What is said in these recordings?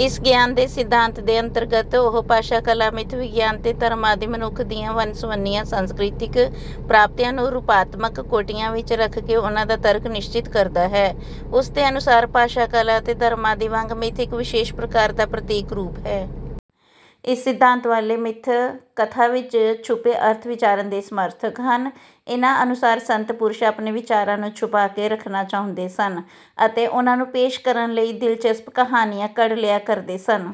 ਇਸ ਗਿਆਨ ਦੇ ਸਿਧਾਂਤ ਦੇ ਅੰਤਰਗਤ ਉਹ ਭਾਸ਼ਾ ਕਲਾ ਮਿੱਥ ਵਿਗਿਆਨ ਤੇ ਧਰਮ ਆਦਿ ਮਨੁੱਖ ਦੀਆਂ ਵੰਨ ਸੁਵੰਨੀਆਂ ਸਾਂਸਕ੍ਰਿਤਕ ਪ੍ਰਾਪਤੀਆਂ ਨੂੰ ਰੂਪਾਤਮਕ ਕੋਟੀਆਂ ਵਿੱਚ ਰੱਖ ਕੇ ਉਨ੍ਹਾਂ ਦਾ ਤਰਕ ਨਿਸ਼ਚਿਤ ਕਰਦਾ ਹੈ। ਉਸ ਦੇ ਅਨੁਸਾਰ ਭਾਸ਼ਾ ਕਲਾ ਅਤੇ ਧਰਮ ਆਦਿ ਵਾਂਗ ਮਿੱਥ ਇੱਕ ਵਿਸ਼ੇਸ਼ ਪ੍ਰਕਾਰ ਦਾ ਪ੍ਰਤੀਕ ਰੂਪ ਹੈ। ਇਸ ਸਿਧਾਂਤ ਵਾਲੇ ਮਿੱਥ ਕਥਾ ਵਿੱਚ ਛੁਪੇ ਅਰਥ ਵਿਚਾਰਣ ਦੇ ਸਮਰਥਕ ਹਨ। ਇਨ੍ਹਾਂ ਅਨੁਸਾਰ ਸੰਤ ਪੁਰਸ਼ ਆਪਣੇ ਵਿਚਾਰਾਂ ਨੂੰ ਛੁਪਾ ਕੇ ਰੱਖਣਾ ਚਾਹੁੰਦੇ ਸਨ ਅਤੇ ਉਨ੍ਹਾਂ ਨੂੰ ਪੇਸ਼ ਕਰਨ ਲਈ ਦਿਲਚਸਪ ਕਹਾਣੀਆਂ ਘੜ ਲਿਆ ਕਰਦੇ ਸਨ।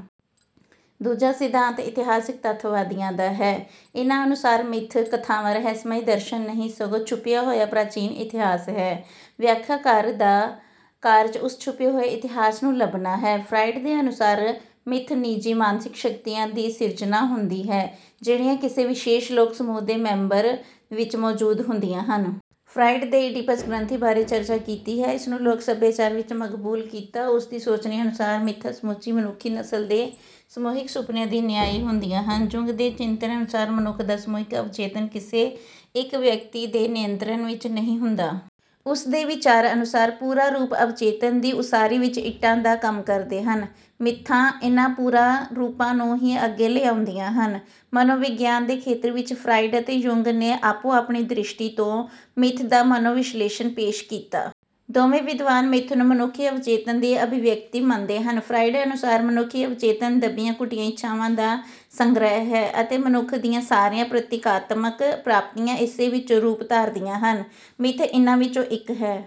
ਦੂਜਾ ਸਿਧਾਂਤ ਇਤਿਹਾਸਕ ਤੱਥਵਾਦੀਆਂ ਦਾ ਹੈ। ਇਨ੍ਹਾਂ ਅਨੁਸਾਰ ਮਿੱਥ ਕਥਾਵਾਂ ਰਹੱਸਮਈ ਦਰਸ਼ਨ ਨਹੀਂ ਸਗੋਂ ਛੁਪਿਆ ਹੋਇਆ ਪ੍ਰਾਚੀਨ ਇਤਿਹਾਸ ਹੈ। ਵਿਆਖਿਆਕਾਰ ਦਾ ਕਾਰਜ ਉਸ ਛੁਪੇ ਹੋਏ ਇਤਿਹਾਸ ਨੂੰ ਲੱਭਣਾ ਹੈ। ਫਰਾਇਡ ਦੇ ਅਨੁਸਾਰ ਮਿੱਥ ਨਿੱਜੀ ਮਾਨਸਿਕ ਸ਼ਕਤੀਆਂ ਦੀ ਸਿਰਜਣਾ ਹੁੰਦੀ ਹੈ ਜਿਹੜੀਆਂ ਕਿਸੇ ਵਿਸ਼ੇਸ਼ ਲੋਕ ਸਮੂਹ ਦੇ ਸਭ ਮੈਂਬਰ ਵਿੱਚ ਮੌਜੂਦ ਹੁੰਦੀਆਂ ਹਨ। ਫਰਾਇਡ ਨੇ ਇਡੀਪਸ ਗ੍ਰੰਥੀ ਬਾਰੇ ਚਰਚਾ ਕੀਤੀ ਹੈ। ਇਸ ਨੂੰ ਲੋਕ ਸਭਿਆਚਾਰ ਵਿੱਚ ਮਕਬੂਲ ਕੀਤਾ। ਉਸ ਦੀ ਸੋਚਣੀ ਅਨੁਸਾਰ ਮਿੱਥਾਂ ਸਮੁੱਚੀ ਮਨੁੱਖੀ ਨਸਲ ਦੇ ਸਮੂਹਿਕ ਸੁਪਨਿਆਂ ਦੀ ਨਿਆਈ ਹੁੰਦੀਆਂ ਹਨ। ਜੁੰਗ ਦੇ ਚਿੰਤਨ ਅਨੁਸਾਰ ਮਨੁੱਖ ਦਾ ਸਮੂਹਿਕ ਅਵਚੇਤਨ ਕਿਸੇ ਇੱਕ ਵਿਅਕਤੀ ਦੇ ਨਿਯੰਤਰਣ ਵਿੱਚ ਨਹੀਂ ਹੁੰਦਾ। ਉਸ ਦੇ ਵਿਚਾਰ ਅਨੁਸਾਰ ਪੁਰਾ ਰੂਪ ਅਵਚੇਤਨ ਦੀ ਉਸਾਰੀ ਵਿੱਚ ਇੱਟਾਂ ਦਾ ਕੰਮ ਕਰਦੇ ਹਨ। ਮਿੱਥਾਂ ਇਨ੍ਹਾਂ ਪੁਰਾ ਰੂਪਾਂ ਨੂੰ ਹੀ ਅੱਗੇ ਲਿਆਉਂਦੀਆਂ ਹਨ। ਮਨੋ ਵਿਗਿਆਨ ਦੇ ਖੇਤਰ ਵਿੱਚ ਫਰਾਇਡ ਅਤੇ ਯੁੰਗ ਨੇ ਆਪੋ ਆਪਣੀ ਦ੍ਰਿਸ਼ਟੀ ਤੋਂ ਮਿੱਥ ਦਾ ਮਨੋ ਵਿਸ਼ਲੇਸ਼ਣ ਪੇਸ਼ ਕੀਤਾ। ਦੋਵੇਂ ਵਿਦਵਾਨ ਮਿੱਥ ਨੂੰ ਮਨੁੱਖੀ ਅਵਚੇਤਨ ਦੀ ਅਭਿਵਿਅਕਤੀ ਮੰਨਦੇ ਹਨ। ਫਰਾਇਡ ਅਨੁਸਾਰ ਮਨੁੱਖੀ ਅਵਚੇਤਨ ਦੱਬੀਆਂ ਘੁੱਟੀਆਂ ਇੱਛਾਵਾਂ ਦਾ ਸੰਗ੍ਰਹਿ ਹੈ ਅਤੇ ਮਨੁੱਖ ਦੀਆਂ ਸਾਰੀਆਂ ਪ੍ਰਤੀਕਾਤਮਕ ਪ੍ਰਾਪਤੀਆਂ ਇਸੇ ਵਿੱਚੋਂ ਰੂਪ ਧਾਰਦੀਆਂ ਹਨ। ਮਿੱਥ ਇਨ੍ਹਾਂ ਵਿੱਚੋਂ ਇੱਕ ਹੈ।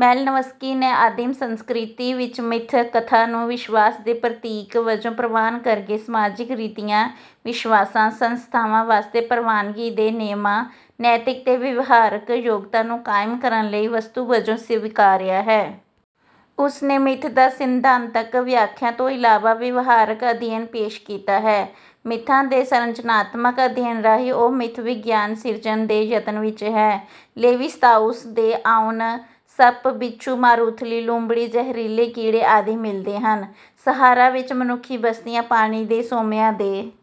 ਮੈਲਿਨਵਸਕੀ ਨੇ ਆਦਿਮ ਸੰਸਕ੍ਰਿਤੀ ਵਿੱਚ ਮਿੱਥ ਕਥਾ ਨੂੰ ਵਿਸ਼ਵਾਸ ਦੇ ਪ੍ਰਤੀਕ ਵਜੋਂ ਪ੍ਰਵਾਨ ਕਰ ਕੇ ਸਮਾਜਿਕ ਰੀਤੀਆਂ ਵਿਸ਼ਵਾਸਾਂ ਸੰਸਥਾਵਾਂ ਵਾਸਤੇ ਪ੍ਰਵਾਨਗੀ ਦੇ ਨਿਯਮਾਂ ਨੈਤਿਕ ਤੇ ਵਿਵਹਾਰਕ ਯੋਗਤਾ ਨੂੰ ਕਾਇਮ ਕਰਨ ਵਾਲੀ ਵਸਤੂ ਵਜੋਂ ਸਵੀਕਾਰਿਆ ਹੈ। ਉਸ ਨੇ ਮਿੱਥ ਦੀ ਸਿਧਾਂਤਕ ਵਿਆਖਿਆ ਤੋਂ ਇਲਾਵਾ ਵਿਵਹਾਰਕ ਅਧਿਐਨ ਪੇਸ਼ ਕੀਤਾ ਹੈ। ਮਿੱਥਾਂ ਦੇ ਸੰਰਚਨਾਤਮਕ ਅਧਿਐਨ ਰਾਹੀਂ ਉਹ ਮਿੱਥ ਵਿਗਿਆਨ ਸਿਰਜਣ ਦੇ ਯਤਨ ਵਿੱਚ ਹੈ। ਲੇਵੀ ਸਤ੍ਰਾਉਸ ਦੇ ਆਉਣ। ਸੱਪ ਬਿੱਛੂ ਮਾਰੂਥਲੀ ਲੂੰਬੜੀ ਜ਼ਹਿਰੀਲੇ ਕੀੜੇ ਆਦਿ ਮਿਲਦੇ ਹਨ। ਸਹਾਰਾ ਵਿੱਚ ਮਨੁੱਖੀ ਬਸਤੀਆਂ ਪਾਣੀ ਦੇ ਸੋਮਿਆਂ ਦੇ